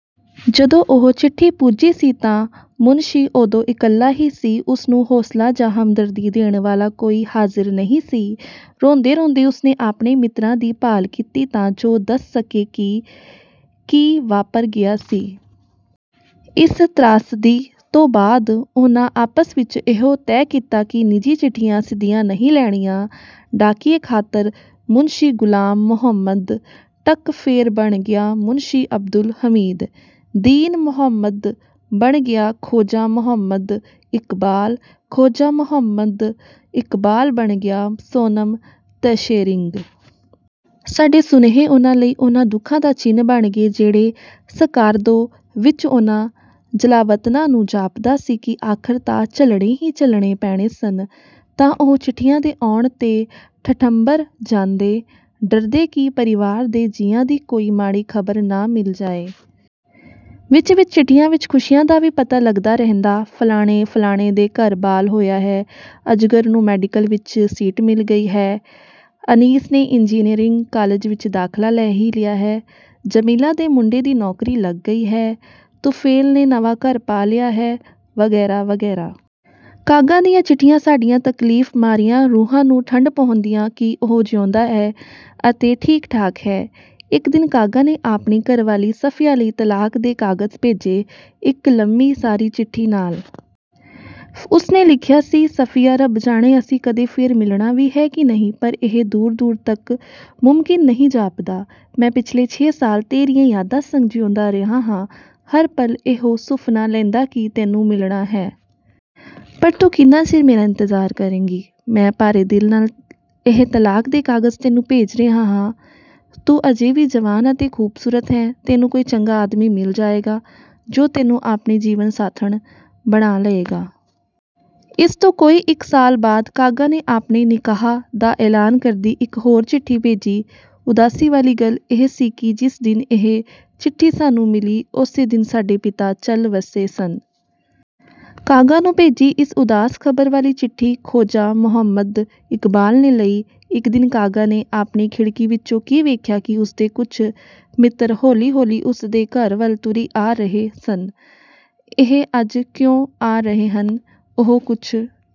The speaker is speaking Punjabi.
ਜਦੋਂ ਉਹ ਚਿੱਠੀ ਪੁੱਜੀ ਸੀ ਤਾਂ ਮੁਨਸ਼ੀ ਓਦੋਂ ਇਕੱਲਾ ਹੀ ਸੀ। ਉਸ ਨੂੰ ਹੌਸਲਾ ਜਾਂ ਹਮਦਰਦੀ ਦੇਣ ਵਾਲਾ ਕੋਈ ਹਾਜ਼ਿਰ ਨਹੀਂ ਸੀ। ਰੋਂਦੇ-ਰੋਂਦੇ ਉਸ ਨੇ ਆਪਣੇ ਮਿੱਤਰਾਂ ਦੀ ਭਾਲ ਕੀਤੀ ਤਾਂ ਜੋ ਦੱਸ ਸਕੇ ਕਿ ਕੀ ਵਾਪਰ ਗਿਆ ਸੀ। ਇਸ ਤ੍ਰਾਸਦੀ ਤੋਂ ਬਾਅਦ, ਉਨ੍ਹਾਂ ਆਪਸ ਵਿੱਚ ਇਹੋ ਤੈਅ ਕੀਤਾ ਕਿ ਨਿੱਜੀ ਚਿੱਠੀਆਂ ਸਿੱਧੀਆਂ ਨਹੀਂ ਲੈਣੀਆਂ। ਡਾਕੀਏ ਖਾਤਰ, ਮੁਨਸ਼ੀ ਗ਼ੁਲਾਮ ਮੋਹੰਮਦ ਟਕ ਫੇਰ ਬਣ ਗਿਆ ਮੁਨਸ਼ੀ ਅਬਦੁਲ ਹਮੀਦ, ਦੀਨ ਮੋਹੰਮਦ ਬਣ ਗਿਆ ਖੋਜਾ ਮੋਹੰਮਦ ਇਕਬਾਲ, ਖੋਜਾ ਮੋਹੰਮਦ ਇਕਬਾਲ ਬਣ ਗਿਆ ਸੋਨਮ ਤਸ਼ੇਰਿੰਗ। ਸਾਡੇ ਸੁਨੇਹੇ ਉਨ੍ਹਾਂ ਲਈ ਉਨ੍ਹਾਂ ਦੁੱਖਾਂ ਦਾ ਚਿੰਨ੍ਹ ਬਣ ਗਏ ਜਿਹੜੇ ਸਕਾਰਦੋ ਵਿੱਚ ਉਨ੍ਹਾਂ ਜਲਾਵਤਨਾਂ ਨੂੰ ਜਾਪਦਾ ਸੀ ਕਿ ਆਖ਼ਰ ਤਾਂ ਝੱਲਣੇ ਹੀ ਝੱਲਣੇ ਪੈਣੇ ਸਨ। ਤਾਂ ਉਹ ਚਿੱਠੀਆਂ ਦੇ ਆਉਣ 'ਤੇ ਠਠੰਬਰ ਜਾਂਦੇ, ਡਰਦੇ ਕਿ ਪਰਿਵਾਰ ਦੇ ਜੀਆਂ ਦੀ ਕੋਈ ਮਾੜੀ ਖ਼ਬਰ ਨਾ ਮਿਲ ਜਾਏ। ਵਿਚ-ਵਿਚ ਚਿੱਠੀਆਂ ਵਿੱਚ ਖੁਸ਼ੀਆਂ ਦਾ ਵੀ ਪਤਾ ਲੱਗਦਾ ਰਹਿੰਦਾ। ਫ਼ਲਾਣੇ-ਫ਼ਲਾਣੇ ਦੇ ਘਰ ਬਾਲ ਹੋਇਆ ਹੈ, ਅਜ਼ਗਰ ਨੂੰ ਮੈਡੀਕਲ ਵਿੱਚ ਸੀਟ ਮਿਲ ਗਈ ਹੈ, ਅਨੀਸ ਨੇ ਇੰਜਨੀਅਰਿੰਗ ਕਾਲਜ ਵਿੱਚ ਦਾਖ਼ਲਾ ਲੈ ਹੀ ਲਿਆ ਹੈ, ਜਮੀਲਾ ਦੇ ਮੁੰਡੇ ਦੀ ਨੌਕਰੀ ਲੱਗ ਗਈ ਹੈ, ਤੁਫ਼ੇਲ ਨੇ ਨਵਾਂ ਘਰ ਪਾ ਲਿਆ ਹੈ, ਵਗੈਰਾ-ਵਗੈਰਾ। ਕਾਗਾ ਦੀਆਂ ਚਿੱਠੀਆਂ ਸਾਡੀਆਂ ਤਕਲੀਫ਼-ਮਾਰੀਆਂ ਰੂਹਾਂ ਨੂੰ ਠੰਡ ਪਾਉਂਦੀਆਂ ਕਿ ਉਹ ਜਿਊਂਦਾ ਹੈ ਅਤੇ ਠੀਕ-ਠਾਕ ਹੈ। ਇੱਕ ਦਿਨ ਕਾਗਾ ਨੇ ਆਪਣੀ ਘਰਵਾਲੀ ਸਫ਼ੀਆ ਲਈ ਤਲਾਕ ਦੇ ਕਾਗ਼ਜ਼ ਭੇਜੇ, ਇੱਕ ਲੰਮੀ ਸਾਰੀ ਚਿੱਠੀ ਨਾਲ। ਉਸ ਨੇ ਲਿਖਿਆ ਸੀ, "ਸਫ਼ੀਆ, ਰੱਬ ਜਾਣੇ ਅਸੀਂ ਕਦੇ ਫੇਰ ਮਿਲਣਾ ਵੀ ਹੈ ਕਿ ਨਹੀਂ, ਪਰ ਇਹ ਦੂਰ-ਦੂਰ ਤੱਕ ਮੁਮਕਿਨ ਨਹੀਂ ਜਾਪਦਾ। ਮੈਂ ਪਿਛਲੇ ਛੇ ਸਾਲ ਤੇਰੀਆਂ ਯਾਦਾਂ ਸੰਗ ਜਿਊਂਦਾ ਰਿਹਾ ਹਾਂ, ਹਰ ਪਲ ਇਹੋ ਸੁਫ਼ਨਾ ਲੈਂਦਾ ਕਿ ਤੈਨੂੰ ਮਿਲਣਾ ਹੈ। ਪਰ ਤੂੰ ਕਿੰਨਾ ਚਿਰ ਮੇਰਾ ਇੰਤਜ਼ਾਰ ਕਰੇਂਗੀ? ਮੈਂ ਭਾਰੇ ਦਿਲ ਨਾਲ ਇਹ ਤਲਾਕ ਦੇ ਕਾਗ਼ਜ਼ ਤੈਨੂੰ ਭੇਜ ਰਿਹਾ ਹਾਂ। ਤੂੰ ਅਜੇ ਵੀ ਜਵਾਨ ਅਤੇ ਖ਼ੂਬਸੂਰਤ ਹੈਂ। ਤੈਨੂੰ ਕੋਈ ਚੰਗਾ ਆਦਮੀ ਮਿਲ ਜਾਏਗਾ ਜੋ ਤੈਨੂੰ ਆਪਣੀ ਜੀਵਨ ਸਾਥਣ ਬਣਾ ਲਏਗਾ।" ਇਸ ਤੋਂ ਕੋਈ ਇੱਕ ਸਾਲ ਬਾਅਦ, ਕਾਗਾ ਨੇ ਆਪਣੇ ਨਿਕਾਹ ਦਾ ਐਲਾਨ ਕਰਦੀ ਇੱਕ ਹੋਰ ਚਿੱਠੀ ਭੇਜੀ। ਉਦਾਸੀ ਵਾਲੀ ਗੱਲ ਇਹ ਸੀ ਕਿ ਜਿਸ ਦਿਨ ਇਹ ਚਿੱਠੀ ਸਾਨੂੰ ਮਿਲੀ, ਓਸੇ ਦਿਨ ਸਾਡੇ ਪਿਤਾ ਚੱਲ ਵਸੇ ਸਨ। ਕਾਗਾ ਨੂੰ ਭੇਜੀ ਇਸ ਉਦਾਸ ਖ਼ਬਰ ਵਾਲੀ ਚਿੱਠੀ ਖੋਜਾ ਮੋਹੰਮਦ ਇਕਬਾਲ ਨੇ ਲਈ। ਇੱਕ ਦਿਨ ਕਾਗਾ ਨੇ ਆਪਣੀ ਖਿੜਕੀ ਵਿੱਚੋਂ ਕੀ ਵੇਖਿਆ ਕਿ ਉਸਦੇ ਕੁਝ ਮਿੱਤਰ ਹੌਲੀ-ਹੌਲੀ ਉਸ ਦੇ ਘਰ ਵੱਲ ਤੁਰੀ ਆ ਰਹੇ ਸਨ। ਇਹ ਅੱਜ ਕਿਉਂ ਆ ਰਹੇ ਹਨ, ਉਹ ਕੁਝ...